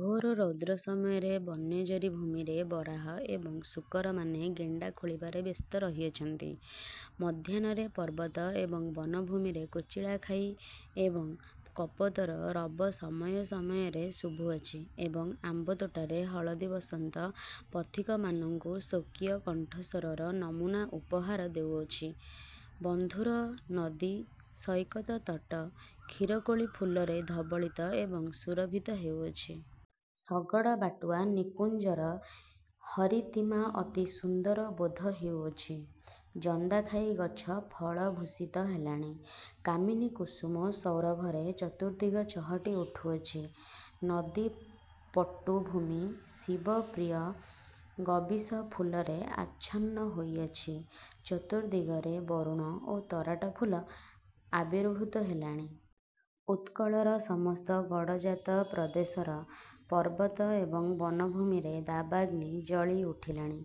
ଘୋର ରୌଦ୍ର ସମୟରେ ବନ୍ୟ ଜରିଭୂମିରେ ବରାହ ଏବଂ ଶୂକରମାନେ ଗେଣ୍ଡା ଖୋଳିବାରେ ବ୍ୟସ୍ତ ରହିଅଛନ୍ତି। ମଧ୍ୟାହ୍ନରେ ପର୍ବତ ଏବଂ ବନଭୂମିରେ କୋଚିଲାଖାଇ ଏବଂ କପୋତର ରବ ସମୟ ସମୟରେ ଶୁଭୁଅଛି ଏବଂ ଆମ୍ବତୋଟାରେ ହଳଦିବସନ୍ତ ପଥିକମାନଙ୍କୁସ୍ୱକୀୟ କଣ୍ଠସ୍ୱରର ନମୂନା ଉପହାର ଦେଉଅଛି। ବନ୍ଧୁର ନଦୀ ସୈକତ ତଟ କ୍ଷୀରକୋଳି ଫୁଲରେ ଧବଳିତ ଏବଂ ସୁରଭିତ ହେଉଅଛି। ଶଗଡ଼ବାଟୁଆ ନିକୁଞ୍ଜର ହରିତିମା ଅତି ସୁନ୍ଦର ବୋଧ ହେଉଅଛି। ଜନ୍ଦାଖାଇ ଗଛ ଫଳ-ଭୂଷିତ ହେଲାଣି। କାମିନୀ କୁସୁମ ସୌରଭରେ ଚତୁର୍ଦିଗ ଚହଟି ଉଠୁଅଛି। ନଦୀ ପଟୁ ଭୂମି ଶିବ ପ୍ରିୟ ଗବୀଶ ଫୁଲରେ ଆଚ୍ଛନ୍ନ ହୋଇଅଛି। ଚତୁର୍ଦିଗରେ ବରୁଣ ଓ ତରାଟ ଫୁଲ ଆବିର୍ଭୂତ ହେଲାଣି। ଉତ୍କଳର ସମସ୍ତ ଗଡ଼ଜାତ ପ୍ରଦେଶର ପର୍ବତ ଏବଂ ବନଭୂମିରେ ଦାବାଗ୍ନି ଜଳି ଉଠିଲାଣି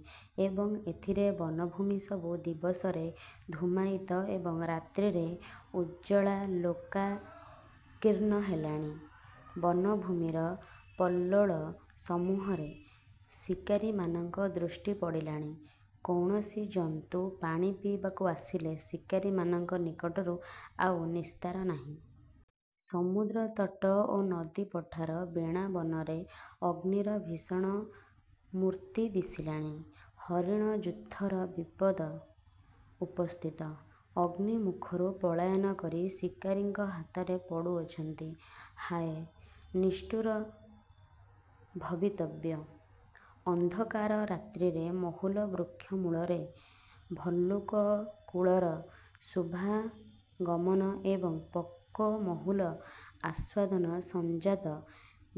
ଏବଂ ଏଥିରେ ବନଭୂମି ସବୁ ଦିବସରେ ଧୂମାୟିତ ଏବଂ ରାତ୍ରିରେ ଉଜ୍ଜ୍ୱଳାଲୋକାକୀର୍ଣ୍ଣ ହେଲାଣି। ବନଭୂମିର ପଲ୍ୱଳସମୂହରେ ଶିକାରିମାନଙ୍କ ଦୃଷ୍ଟି ପଡ଼ିଲାଣି। କୌଣସି ଜନ୍ତୁ ପାଣି ପିଇବାକୁ ଆସିଲେ ଶିକାରିମାନଙ୍କ ନିକଟରୁ ଆଉ ନିସ୍ତାର ନାହିଁ। ସମୁଦ୍ରତଟ ଓ ନଦୀ-ପଠାର ବେଣାବନରେ ଅଗ୍ନିର ଭୀଷଣ ମୁର୍ତ୍ତି ଦିଶିଲାଣି। ହରିଣଯୂଥର ବିପଦ ଉପସ୍ଥିତ। ଅଗ୍ନିମୁଖରୁ ପଳାୟନ କରି ଶିକାରିଙ୍କ ହାତରେ ପଡ଼ୁଅଛନ୍ତି। ହାୟ, ନିଷ୍ଠୁର ଭବିତବ୍ୟ! ଅନ୍ଧକାର ରାତ୍ରିରେ ମହୁଲ ବୃକ୍ଷ ମୂଳରେ ଭଲ୍ଲୁକକୁଳର ଶୁଭାଗମନ ଏବଂ ପକ୍ୱ ମହୁଲ ଆସ୍ୱାଦନ-ସଞ୍ଜାତ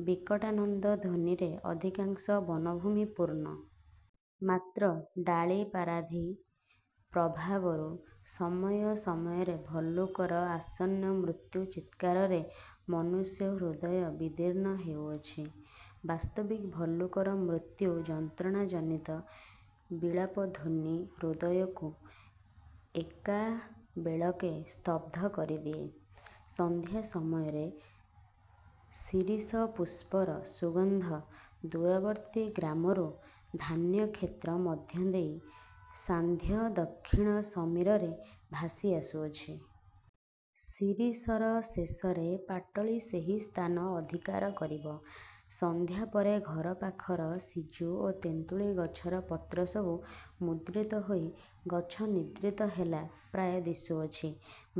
ବିକଟାନନ୍ଦଧ୍ୱନିରେ ଅଧିକାଂଶ ବନଭୂମି ପୂର୍ଣ୍ଣ। ମାତ୍ର ଡାଳି ପାରଧି ପ୍ରଭାବରୁ ସମୟ ସମୟରେ ଭଲ୍ଲୁକର ଆସନ୍ନ ମୃତ୍ୟୁ ଚିତ୍କାରରେ ମନୁଷ୍ୟହୃଦୟ ବିଦୀର୍ଣ୍ଣ ହେଉଅଛି। ବାସ୍ତବିକ ଭଲ୍ଲୁକର ମୃତ୍ୟୁ-ଯନ୍ତ୍ରଣାଜନିତ ବିଳାପଧ୍ୱନି ହୃଦୟକୁ ଏକାବେଳକେ ସ୍ତବ୍ଧ କରିଦିଏ। ସନ୍ଧ୍ୟା ସମୟରେ ଶିରୀଷ ପୁଷ୍ପର ସୁଗନ୍ଧ ଦୂରବର୍ତ୍ତୀ ଗ୍ରାମରୁ ଧାନ୍ୟକ୍ଷେତ୍ର ମଧ୍ୟ ଦେଇ ସାନ୍ଧ୍ୟଦକ୍ଷିଣ ସମୀରରେ ଭାସି ଆସୁଅଛି। ଶିରୀଷର ଶେଷରେ ପାଟଳୀ ସେହି ସ୍ଥାନ ଅଧିକାର କରିବ। ସନ୍ଧ୍ୟା ପରେ ଘର ପାଖର ସିଜୁ ଓ ତେନ୍ତୁଳି ଗଛର ପତ୍ର ସବୁ ମୁଦ୍ରିତ ହୋଇ ଗଛ ନିଦ୍ରିତ ହେଲା ପ୍ରାୟ ଦିଶୁଅଛି।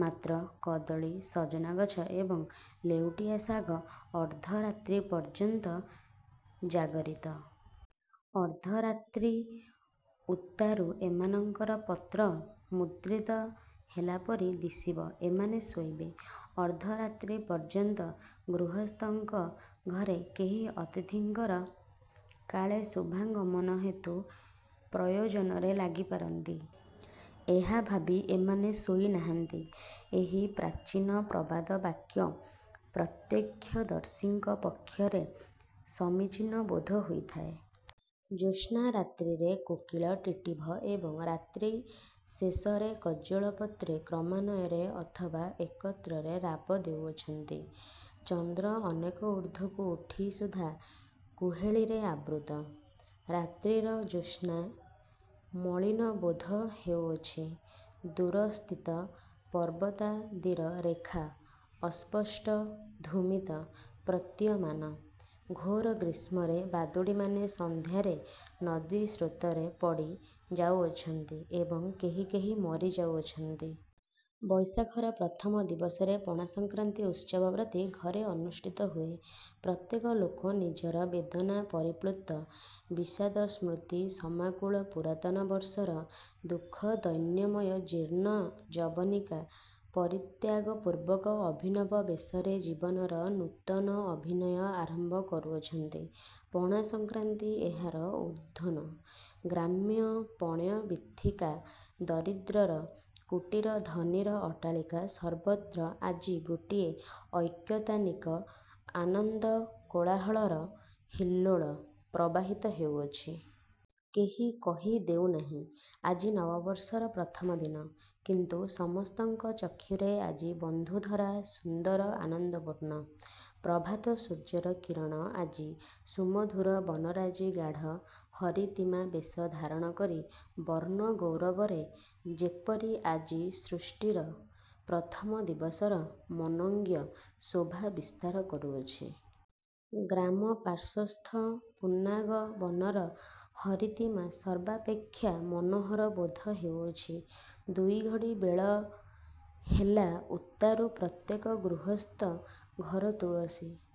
ମାତ୍ର କଦଳୀ, ସଜନା ଗଛ ଏବଂ ଲେଉଟିଆ ଶାଗ ଅର୍ଦ୍ଧରାତ୍ରି ପର୍ଯ୍ୟନ୍ତ ଜାଗ୍ରିତ। ଅର୍ଦ୍ଧରାତ୍ରି ଉତ୍ତାରୁ ଏମାନଙ୍କର ପତ୍ର ମୁଦ୍ରିତ ହେଲା ପରି ଦିଶିବ ଏମାନେ ଶୋଇବେ। ଅର୍ଦ୍ଧରାତ୍ରି ପର୍ଯ୍ୟନ୍ତ ଗୃହସ୍ଥଙ୍କ ଘରେ କେହି ଅତିଥିଙ୍କର କାଳେ ଶୁଭାଗମନ ହେତୁ ପ୍ରୟୋଜନରେ ଲାଗି ପାରନ୍ତି, ଏହା ଭାବି ଏମାନେ ଶୋଇ ନାହାନ୍ତି ଏହି ପ୍ରାଚୀନ ପ୍ରବାଦ ବାକ୍ୟ ପ୍ରତ୍ୟକ୍ଷଦର୍ଶୀଙ୍କ ପକ୍ଷରେ ସମୀଚୀନ ବୋଧ ହୋଇଥାଏ। ଜ୍ୟୋତ୍ସ୍ନା-ରାତ୍ରିରେ କୋକିଳ, ଟିଟ୍ଟିଭ ଏବଂ ରାତ୍ରିଶେଷରେ କଜ୍ଜଳପତ୍ରୀ କ୍ରମାନ୍ୱୟରେ ଅଥବା ଏକତ୍ରରେ ରାବ ଦେଉଅଛନ୍ତି। ଚନ୍ଦ୍ର ଅନେକ ଊର୍ଦ୍ଧ୍ୱକୁ ଉଠି ସୁଦ୍ଧା କୁହେଳୀରେ ଆବୃତ। ରାତ୍ରିର ଜ୍ୟୋତ୍ସ୍ନା ମଳିନ ବୋଧ ହେଉଅଛି। ଦୂରସ୍ଥିତ ପର୍ବତାଦିର ରେଖା ଅସ୍ପଷ୍ଟ ଧୂମିତ ପ୍ରତୀୟମାନ। ଘୋର ଗ୍ରୀଷ୍ମରେ ବାଦୁଡ଼ିମାନେ ସନ୍ଧ୍ୟାରେ ନଦୀସ୍ରୋତରେ ପଡ଼ି ଯାଉଅଛନ୍ତି ଏବଂ କେହି କେହି ମରି ଯାଉଅଛନ୍ତି। ବୈଶାଖର ପ୍ରଥମ ଦିବସରେ ପଣାସଂକ୍ରାନ୍ତି ଉତ୍ସବ ପ୍ରତି ଘରେ ଅନୁଷ୍ଠିତ ହୁଏ। ପ୍ରତ୍ୟେକ ଲୋକ ନିଜର ବେଦନାପରିପ୍ଳୁତ ବିଷାଦସ୍ମୃତିସମାକୁଳ ପୁରାତନ ବର୍ଷର ଦୁଃଖଦୈନ୍ୟମୟ ଜୀର୍ଣ୍ଣ ଯବନିକା ପରିତ୍ୟାଗପୂର୍ବକ ଅଭିନବ ବେଶରେ ଜୀବନର ନୂତନ ଅଭିନୟ ଆରମ୍ଭ କରୁଅଛନ୍ତି। ପଣାସଂକ୍ରାନ୍ତି ଏହାର ଉଦ୍ବୋଧନ। ଗ୍ରାମ୍ୟ ପଣ୍ୟବୀଥିକା, ଦରିଦ୍ରର କୁଟୀର ଧନିର ଅଟ୍ଟାଳିକା ସର୍ବତ୍ର ଆଜି ଗୋଟିଏ ଐକତାନିକ ଆନନ୍ଦକୋଳାହଳର ହିଲ୍ଲୋଳ ପ୍ରବାହିତ ହେଉଅଛି। କେହି କହି ଦେଉ ନାହିଁ, ଆଜି ନଅବର୍ଷର ପ୍ରଥମ ଦିନ। କିନ୍ତୁ ସମସ୍ତଙ୍କ ଚକ୍ଷୁରେ ଆଜି ବନ୍ଧୁନ୍ଧରା ସୁନ୍ଦର ଆନନ୍ଦପୂର୍ଣ୍ଣ। ପ୍ରଭାତ ସୂର୍ଯ୍ୟର କିରଣ ଆଜି ସୁମଧୁର ବନରାଜି ଗାଢ଼ ହରିତିମା ବେଶ ଧାରଣ କରି ବର୍ଣ୍ଣଗୌରବରେ ଯେପରି ଆଜି ସୃଷ୍ଟିର ପ୍ରଥମ ଦିବସର ମନୋଜ୍ଞ ଶୋଭା ବିସ୍ତାର କରୁଅଛି। ଗ୍ରାମପାର୍ଶ୍ୱସ୍ଥ ପୁନ୍ନାଗ ବନର ହରିତିମା ସର୍ବାପେକ୍ଷା ମନୋହର ବୋଧ ହେଉଅଛି। ଦୁଇଘଡ଼ି ବେଳ ହେଲା ଉତ୍ତାରୁ ପ୍ରତ୍ୟେକ ଗୃହସ୍ଥ ଘର ତୁଳସୀ |